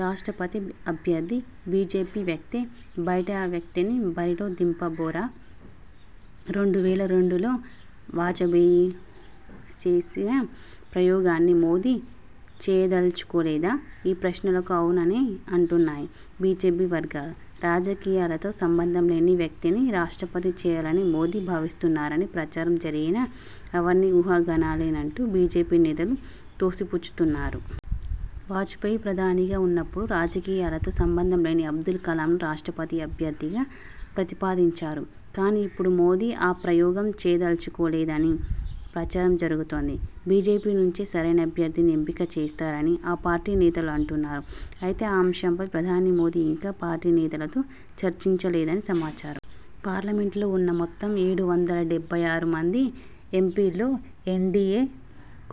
రాష్ట్రపతి అభ్యర్థి బీజేపీ వ్యక్తే బయటి వ్యక్తిని బరిలో దింపబోరా? రెండు వేల రెండులో వాజపేయి చేసిన ప్రయోగాన్ని మోదీ చేయదల్చుకోలేదా? ఈ ప్రశ్నలకు అవుననే అంటున్నాయి బీజేపీ వర్గాలు. రాజకీయాలతో సంబంధంలేని వ్యక్తిని రాష్ట్రపతి చేయాలని మోదీ భావిస్తున్నారని ప్రచారం జరిగినా అవన్నీ ఊహాగానాలేనంటూ బీజేపీ నేతలు తోసిపుచ్చుతున్నారు. వాజపేయి ప్రధానిగా ఉన్నప్పుడు రాజకీయాలతో సంబంధం లేని అబ్దుల్ కలాంను రాష్ట్రపతి అభ్యర్థిగా ప్రతిపాదించారు. కానీ ఇప్పుడు మోదీ ఆ ప్రయోగం చేయదల్చులేదని ప్రచారం జరుగుతోంది. బీజేపీ నుంచే సరైన అభ్యర్థిని ఎంపిక చేస్తారని ఆ పార్టీ నేతలు అంటున్నారు. అయితే, ఈ అంశంపై ప్రధాని మోదీ ఇంకా పార్టీ నేతలతో చర్చించలేదని సమాచారం. 'పార్లమెంటులో ఉన్న మెత్తం ఏడు వందల డెబ్బై ఆరు మంది ఎంపీల్లో ఎన్డీఏ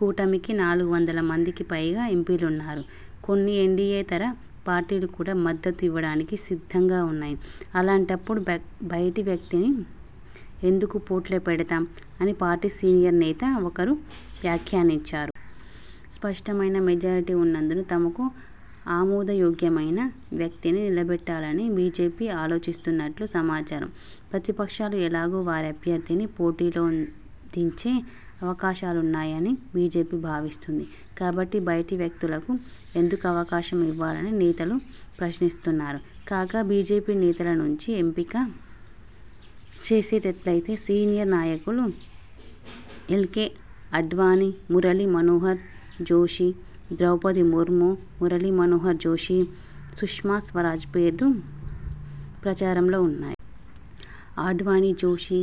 కూటమికి నాలుగు వందల మందికి పైగా ఎంపీలున్నారు. కొన్ని ఎన్డీయేతర పార్టీలు కూడా మద్దతు ఇవ్వడానికి సిద్ధంగా ఉన్నాయి. అలాంటప్పుడు బయటి వ్యక్తిని ఎందుకు పోటీలో పెడతాం? ' అని పార్టీ సీనియర్ నేత ఒకరు వ్యాఖ్యానించారు. స్పష్టమైన మెజారిటీ ఉన్నందున తమకు ఆమోదయోగ్యమైన వ్యక్తిని నిలబెట్టాలని బీజేపీ ఆలోచిస్తున్నట్లు సమాచారం. ప్రతిపక్షాలు ఎలాగూ వారి అభ్యర్థిని పోటీలో దించే అవకాశాలున్నాయని బీజేపీ భావిస్తోంది. కాబట్టి బయటి వ్యక్తులకు ఎందుకు అవకాశం ఇవ్వాలని నేతలు ప్రశ్నిస్తున్నారు. కాగా, బీజేపీ నేతల నుంచి ఎంపిక చేసేటట్లయితే సీనియర్ నాయకులు ఎల్కే ఆడ్వాణీ, మురళీ మనోహర్ జోషి, ద్రౌపది ముర్ము, మురళీ మనోహర్ జోషి, సుష్మా స్వరాజ్ పేర్లు ప్రచారంలో ఉన్నాయి. ఆడ్వాణీ, జోషి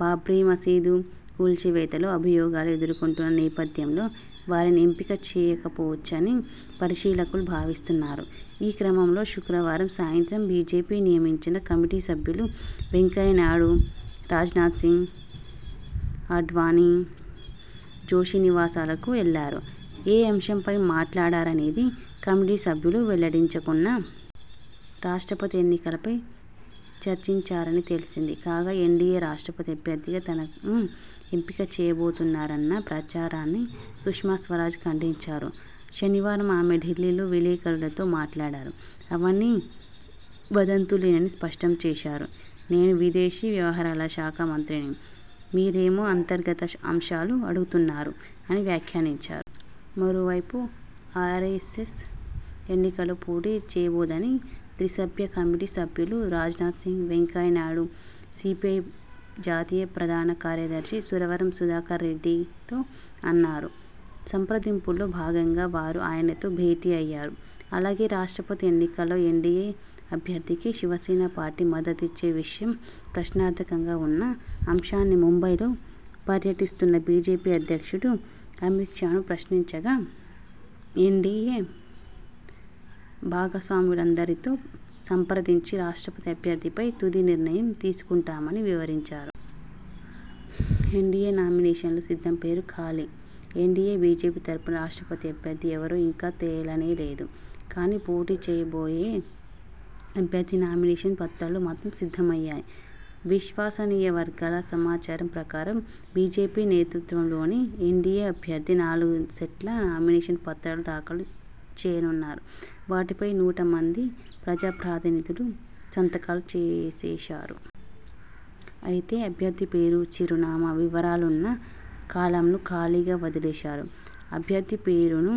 బాబ్రీమసీదు కూల్చివేతలో అభియోగాలు ఎదుర్కొంటున్న నేపథ్యంలో వారిని ఎంపిక చేయకపోవచ్చని పరిశీలకులు భావిస్తున్నారు. ఈ క్రమంలో శుక్రవారం సాయంత్రం బీజేపీ నియమించిన కమిటీ సభ్యులు వెంకయ్య నాయుడు, రాజ్నాథ్ సింగ్ఆడ్వాణీ, జోషి నివాసాలకు వెళ్లారు. ఏ అంశంపై మాట్లాడారనేది కమిటీ సభ్యులు వెల్లడించకున్నా.. రాష్ట్రపతి ఎన్నికలపై చర్చించారని తెలిసింది. కాగా, ఎన్డీఏ రాష్ట్రపతి అభ్యర్థిగా తనను ఎంపిక చేయబోతున్నారన్న ప్రచారాన్ని సుష్మా స్వరాజ్ ఖండించారు. శనివారం ఆమె ఢిల్లీలో విలేకరులతో మాట్లాడారు. అవన్నీ వదంతులేనని స్పష్టం చేశారు. 'నేను విదేశీ వ్యవహారాల శాఖ మంత్రిని. మీరేమో అంతర్గత అంశాలు అడుగుతున్నారు' అని వ్యాఖ్యానించారు. మరోవైపు, ఆర్ఎ్సఎస్ ఎన్నికల్లో పోటీ చేయబోదని త్రిసభ్య కమిటీ సభ్యులు రాజ్నాథ్ సింగ్, వెంకయ్య నాయుడు.. సీపీఐ జాతీయ ప్రధాన కార్యదర్శి సురవరం సుధాకర్రెడ్డితో అన్నారు. సంప్రదింపుల్లో భాగంగా వారు ఆయనతో భేటీ అయ్యారు. అలాగే, రాష్ట్రపతి ఎన్నికల్లో ఎన్డీఏ అభ్యర్థికి శివసేన పార్టీ మద్దతిచ్చే విషయం ప్రశ్నార్థకంగా ఉన్న అంశాన్ని ముంబైలో పర్యటిస్తున్న బీజేపీ అధ్యక్షుడు అమిత్ షాను ప్రశ్నించగాఎన్డీఏ భాగస్వాములందరితో సంప్రదించి రాష్ట్రపతి అభ్యర్థిపై తుది నిర్ణయం తీసుకుంటామని వివరించారు. ఎన్డీఏ నామినేషన్లు సిద్ధంపేరు ఖాళీ ఎన్డీఏ-బీజేపీ తరఫున రాష్ట్రపతి అభ్యర్థి ఎవరో ఇంకా తేలనేలేదు. కానీ పోటీ చేయబోయే అభ్యర్థి నామినేషన్ పత్రాలు మాత్రం సిద్ధమయ్యాయి. విశ్వసనీయవర్గాల సమాచారం ప్రకారం, బీజేపీ నేతృత్వంలోని ఎన్డీఏ అభ్యర్థి నాలుగు సెట్ల నామినేషన్ పత్రాలు దాఖలు చేయనున్నారు. వాటిపై నూట మంది ప్రజాప్రతినిధులు సంతకాలు చేసేశారు. అయితే అభ్యర్థిపేరు, చిరునామా, వివరాలున్న కాలమ్ను ఖాళీగా వదిలేశారు. అభ్యర్థిపేరును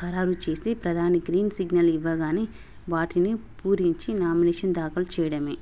ఖరారుచేసి ప్రధాని గ్రీన్ సిగ్నల్ ఇవ్వగానే వాటిని పూరించి నామినేషన్ దాఖలు చేయడమే!